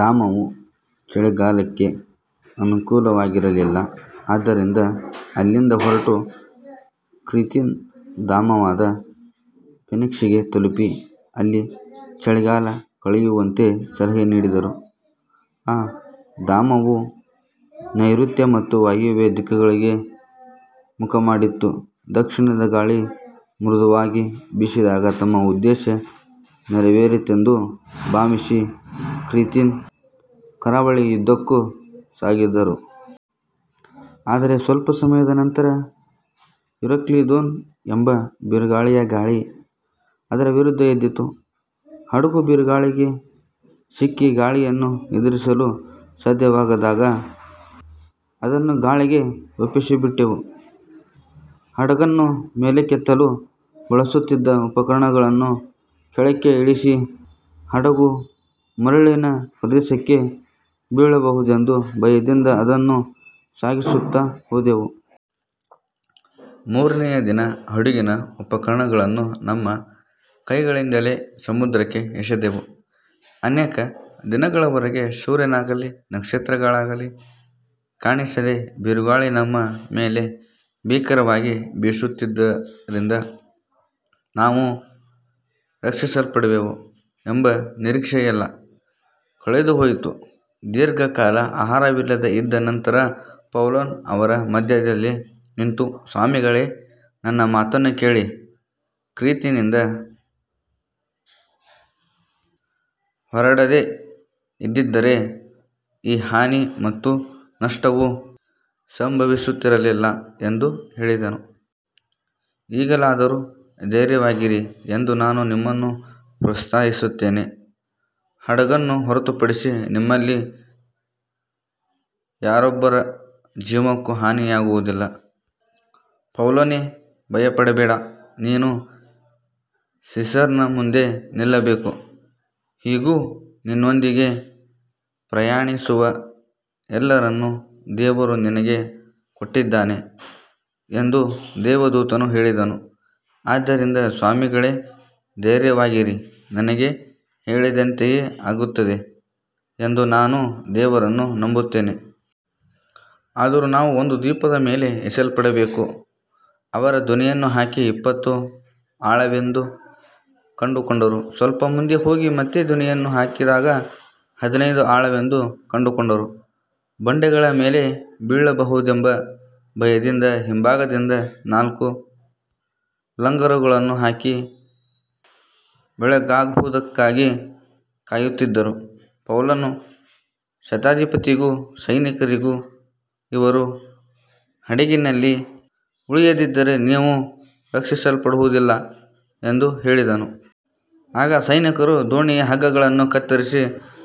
ಧಾಮವು ಚಳಿಗಾಲಕ್ಕೆ ಅನುಕೂಲಕರವಾಗಿರಲಿಲ್ಲ. ಆದ್ದರಿಂದ ಅಲ್ಲಿಂದ ಹೊರಟು ಕ್ರೀತಿನ ಧಾಮವಾದ ಫೆನಿಕ್ಸಿಗೆ ತಲುಪಿ, ಅಲ್ಲಿ ಚಳಿಗಾಲ ಕಳೆಯುವಂತೆ ಸಲಹೆ ನೀಡಿದರು. ಆ ಧಾಮವು ನೈಋತ್ಯ ಮತ್ತು ವಾಯವ್ಯ ದಿಕ್ಕುಗಳಿಗೆ ಮುಖಮಾಡಿತ್ತು. ದಕ್ಷಿಣದ ಗಾಳಿ ಮೃದುವಾಗಿ ಬೀಸಿದಾಗ ತಮ್ಮ ಉದ್ದೇಶ ನೆರವೇರಿತೆಂದು ಭಾವಿಸಿ ಕ್ರೀತಿನ ಕರಾವಳಿಯುದ್ದಕ್ಕೂ ಸಾಗಿದರು. ಆದರೆ ಸ್ವಲ್ಪ ಸಮಯದ ನಂತರ ಯುರಕ್ಲಿದೋನ್ ಎಂಬ ಬಿರುಗಾಳಿಯ ಗಾಳಿ ಅದರ ವಿರುದ್ಧ ಎದ್ದಿತು. ಹಡಗು ಬಿರುಗಾಳಿಗೆ ಸಿಕ್ಕಿ ಗಾಳಿಯನ್ನು ಎದುರಿಸಲು ಸಾಧ್ಯವಾಗದಾಗ, ಅದನ್ನು ಗಾಳಿಗೆ ಒಪ್ಪಿಸಿಬಿಟ್ಟೆವು. ಹಡಗನ್ನು ಮೇಲಕ್ಕೆತ್ತಲು ಬಳಸುತ್ತಿದ್ದ ಉಪಕರಣಗಳನ್ನು ಕೆಳಕ್ಕೆ ಇಳಿಸಿ, ಹಡಗು ಮರಳಿನ ಪ್ರದೇಶಕ್ಕೆ ಬೀಳಬಹುದೆಂಬ ಭಯದಿಂದ ಅದನ್ನು ಸಾಗಿಸುತ್ತಾ ಹೋದೆವು. ಮೂರನೆಯ ದಿನ ಹಡಗಿನ ಉಪಕರಣಗಳನ್ನು ನಮ್ಮ ಕೈಗಳಿಂದಲೇ ಸಮುದ್ರಕ್ಕೆ ಎಸೆದೆವು. ಅನೇಕ ದಿನಗಳವರೆಗೆ ಸೂರ್ಯನಾಗಲಿ ನಕ್ಷತ್ರಗಳಾಗಲಿ ಕಾಣಿಸದೆ, ಬಿರುಗಾಳಿ ನಮ್ಮ ಮೇಲೆ ಭೀಕರವಾಗಿ ಬೀಸುತ್ತಿದ್ದುದರಿಂದ, ನಾವು ರಕ್ಷಿಸಲ್ಪಡುವೆವು ಎಂಬ ನಿರೀಕ್ಷೆಯೆಲ್ಲ ಕಳೆದುಹೋಯಿತು. ದೀರ್ಘಕಾಲ ಆಹಾರವಿಲ್ಲದೆ ಇದ್ದ ನಂತರ ಪೌಲನು ಅವರ ಮಧ್ಯದಲ್ಲಿ ನಿಂತು, ಸ್ವಾಮಿಗಳೇ, ನನ್ನ ಮಾತನ್ನು ಕೇಳಿ ಕ್ರೀತಿನಿಂದ ಹೊರಡದೆ ಇದ್ದಿದ್ದರೆ ಈ ಹಾನಿ ಮತ್ತು ನಷ್ಟವು ಸಂಭವಿಸುತ್ತಿರಲಿಲ್ಲ ಎಂದು ಹೇಳಿದನು. ಈಗಲಾದರೂ ಧೈರ್ಯವಾಗಿರಿ ಎಂದು ನಾನು ನಿಮ್ಮನ್ನು ಪ್ರೋತ್ಸಾಹಿಸುತ್ತೇನೆ. ಹಡಗನ್ನು ಹೊರತುಪಡಿಸಿ ನಿಮ್ಮಲ್ಲಿ ಯಾರೊಬ್ಬರ ಜೀವಕ್ಕೂ ಹಾನಿಯಾಗುವುದಿಲ್ಲ. ಪೌಲನೇ, ಭಯಪಡಬೇಡ. ನೀನು ಸೀಸರನ ಮುಂದೆ ನಿಲ್ಲಬೇಕು. ಇಗೋ, ನಿನ್ನೊಂದಿಗೆ ಪ್ರಯಾಣಿಸುವ ಎಲ್ಲರನ್ನೂ ದೇವರು ನಿನಗೆ ಕೊಟ್ಟಿದ್ದಾನೆ ಎಂದು ದೇವದೂತನು ಹೇಳಿದನು. ಆದ್ದರಿಂದ ಸ್ವಾಮಿಗಳೇ, ಧೈರ್ಯವಾಗಿರಿ. ನನಗೆ ಹೇಳಿದಂತೆಯೇ ಆಗುತ್ತದೆ ಎಂದು ನಾನು ದೇವರನ್ನು ನಂಬುತ್ತೇನೆ. ಆದರೂ ನಾವು ಒಂದು ದ್ವೀಪದ ಮೇಲೆ ಎಸೆಯಲ್ಪಡಬೇಕು. ಅವರು ಧ್ವನಿಯನ್ನು ಹಾಕಿ ಇಪ್ಪತ್ತು ಆಳವೆಂದು ಕಂಡುಕೊಂಡರು. ಸ್ವಲ್ಪ ಮುಂದೆ ಹೋಗಿ ಮತ್ತೆ ಧ್ವನಿಯನ್ನು ಹಾಕಿದಾಗ ಹದಿನೈದು ಆಳವೆಂದು ಕಂಡುಕೊಂಡರು. ಬಂಡೆಗಳ ಮೇಲೆ ಬೀಳಬಹುದೆಂಬ ಭಯದಿಂದ ಹಿಂಭಾಗದಿಂದ ನಾಲ್ಕು ಲಂಗರುಗಳನ್ನು ಹಾಕಿ ಬೆಳಗಾಗುವುದಕ್ಕಾಗಿ ಕಾಯುತ್ತಿದ್ದರು. ಪೌಲನು ಶತಾಧಿಪತಿಗೂ ಸೈನಿಕರಿಗೂ, ಇವರು ಹಡಗಿನಲ್ಲಿ ಉಳಿಯದಿದ್ದರೆ ನೀವು ರಕ್ಷಿಸಲ್ಪಡುವುದಿಲ್ಲ ಎಂದು ಹೇಳಿದನು. ಆಗ ಸೈನಿಕರು ದೋಣಿಯ ಹಗ್ಗಗಳನ್ನು ಕತ್ತರಿಸಿ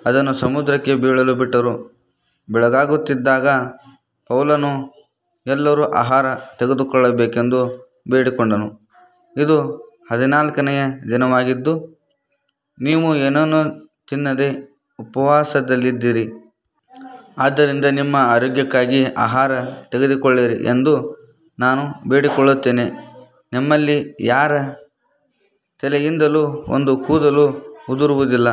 ಅದನ್ನು ಸಮುದ್ರಕ್ಕೆ ಬೀಳಲು ಬಿಟ್ಟರು. ಬೆಳಗಾಗುತ್ತಿದ್ದಾಗ ಪೌಲನು ಎಲ್ಲರೂ ಆಹಾರ ತೆಗೆದುಕೊಳ್ಳಬೇಕೆಂದು ಬೇಡಿಕೊಂಡನು. ಇದು ಹದಿನಾಲ್ಕನೆಯ ದಿನವಾಗಿದ್ದು, ನೀವು ಏನನ್ನೂ ತಿನ್ನದೆ ಉಪವಾಸದಲ್ಲಿದ್ದೀರಿ. ಆದ್ದರಿಂದ ನಿಮ್ಮ ಆರೋಗ್ಯಕ್ಕಾಗಿ ಆಹಾರ ತೆಗೆದುಕೊಳ್ಳಿರಿ ಎಂದು ನಾನು ಬೇಡಿಕೊಳ್ಳುತ್ತೇನೆ. ನಿಮ್ಮಲ್ಲಿ ಯಾರ ತಲೆಯಿಂದಲೂ ಒಂದು ಕೂದಲು ಉದುರುವುದಿಲ್ಲ.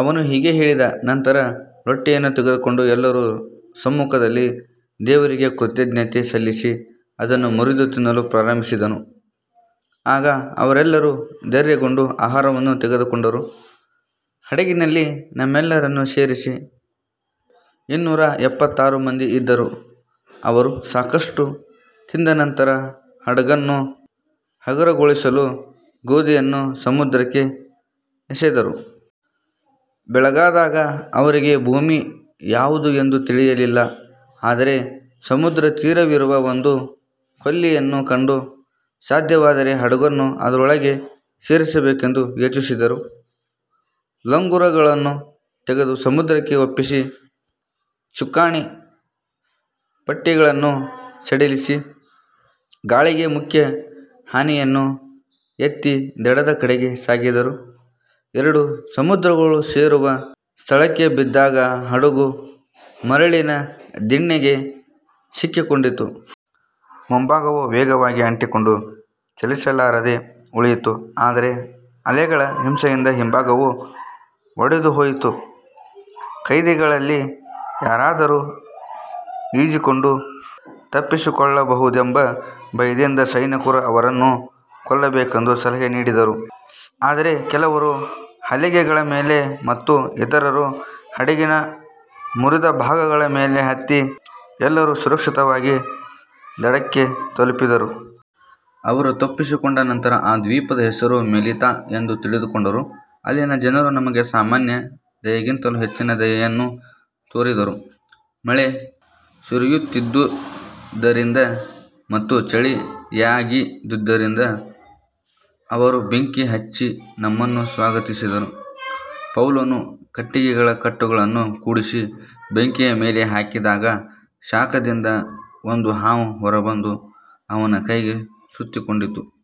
ಅವನು ಹೀಗೆ ಹೇಳಿದ ನಂತರ ರೊಟ್ಟಿಯನ್ನು ತೆಗೆದುಕೊಂಡು ಎಲ್ಲರ ಸಮ್ಮುಖದಲ್ಲಿ ದೇವರಿಗೆ ಕೃತಜ್ಞತೆ ಸಲ್ಲಿಸಿ ಅದನ್ನು ಮುರಿದು ತಿನ್ನಲು ಪ್ರಾರಂಭಿಸಿದನು. ಆಗ ಅವರೆಲ್ಲರೂ ಧೈರ್ಯಗೊಂಡು ಆಹಾರವನ್ನು ತೆಗೆದುಕೊಂಡರು. ಹಡಗಿನಲ್ಲಿ ನಮ್ಮೆಲ್ಲರನ್ನು ಸೇರಿಸಿ ಇನ್ನೂರ ಎಪ್ಪತ್ತಾರು ಮಂದಿ ಇದ್ದರು. ಅವರು ಸಾಕಷ್ಟು ತಿಂದ ನಂತರ ಹಡಗನ್ನು ಹಗುರಗೊಳಿಸಲು ಗೋಧಿಯನ್ನು ಸಮುದ್ರಕ್ಕೆ ಎಸೆದರು. ಬೆಳಗಾದಾಗ ಅವರಿಗೆ ಭೂಮಿ ಯಾವುದು ಎಂದು ತಿಳಿಯಲಿಲ್ಲ. ಆದರೆ ಸಮುದ್ರತೀರವಿರುವ ಒಂದು ಕೊಲ್ಲಿಯನ್ನು ಕಂಡು, ಸಾಧ್ಯವಾದರೆ ಹಡಗನ್ನು ಅದರೊಳಗೆ ಸೇರಿಸಬೇಕೆಂದು ಯೋಚಿಸಿದರು. ಲಂಗರುಗಳನ್ನು ತೆಗೆದು ಸಮುದ್ರಕ್ಕೆ ಒಪ್ಪಿಸಿ, ಚುಕ್ಕಾಣಿ ಪಟ್ಟಿಗಳನ್ನು ಸಡಿಲಿಸಿ, ಗಾಳಿಗೆ ಮುಖ್ಯ ಹಾಯಿಯನ್ನು ಎತ್ತಿ ದಡದ ಕಡೆಗೆ ಸಾಗಿದರು. ಎರಡು ಸಮುದ್ರಗಳು ಸೇರುವ ಸ್ಥಳಕ್ಕೆ ಬಿದ್ದಾಗ ಹಡಗು ಮರಳಿನ ದಿಣ್ಣೆಗೆ ಸಿಕ್ಕಿಕೊಂಡಿತು. ಮುಂಭಾಗವು ವೇಗವಾಗಿ ಅಂಟಿಕೊಂಡು ಚಲಿಸಲಾರದೆ ಉಳಿಯಿತು. ಆದರೆ ಅಲೆಗಳ ಹಿಂಸೆಯಿಂದ ಹಿಂಭಾಗವು ಒಡೆದುಹೋಯಿತು. ಕೈದಿಗಳಲ್ಲಿ ಯಾರಾದರೂ ಈಜಿಕೊಂಡು ತಪ್ಪಿಸಿಕೊಳ್ಳಬಹುದೆಂಬ ಭಯದಿಂದ ಸೈನಿಕರು ಅವರನ್ನು ಕೊಲ್ಲಬೇಕೆಂದು ಸಲಹೆ ನೀಡಿದರು. ಆದರೆ ಕೆಲವರು ಹಲಗೆಗಳ ಮೇಲೆ ಮತ್ತು ಇತರರು ಹಡಗಿನ ಮುರಿದ ಭಾಗಗಳ ಮೇಲೆ ಹತ್ತಿ, ಎಲ್ಲರೂ ಸುರಕ್ಷಿತವಾಗಿ ದಡಕ್ಕೆ ತಲುಪಿದರು. ಅವರು ತಪ್ಪಿಸಿಕೊಂಡ ನಂತರ ಆ ದ್ವೀಪದ ಹೆಸರು ಮೆಲಿತಾ ಎಂದು ತಿಳಿದುಕೊಂಡರು. ಅಲ್ಲಿನ ಜನರು ನಮಗೆ ಸಾಮಾನ್ಯ ದಯೆಗಿಂತಲೂ ಹೆಚ್ಚಿನ ದಯೆಯನ್ನು ತೋರಿಸಿದರು. ಮಳೆ ಸುರಿಯುತ್ತಿದ್ದುದರಿಂದ ಮತ್ತು ಚಳಿಯಾಗಿದ್ದುದರಿಂದ ಅವರು ಬೆಂಕಿ ಹಚ್ಚಿ ನಮ್ಮನ್ನು ಸ್ವಾಗತಿಸಿದರು. ಪೌಲನು ಕಟ್ಟಿಗೆಗಳ ಕಟ್ಟುಗಳನ್ನು ಕೂಡಿಸಿ ಬೆಂಕಿಯ ಮೇಲೆ ಹಾಕಿದಾಗ, ಶಾಖದಿಂದ ಒಂದು ಹಾವು ಹೊರಬಂದು ಅವನ ಕೈಗೆ ಸುತ್ತಿಕೊಂಡಿತು.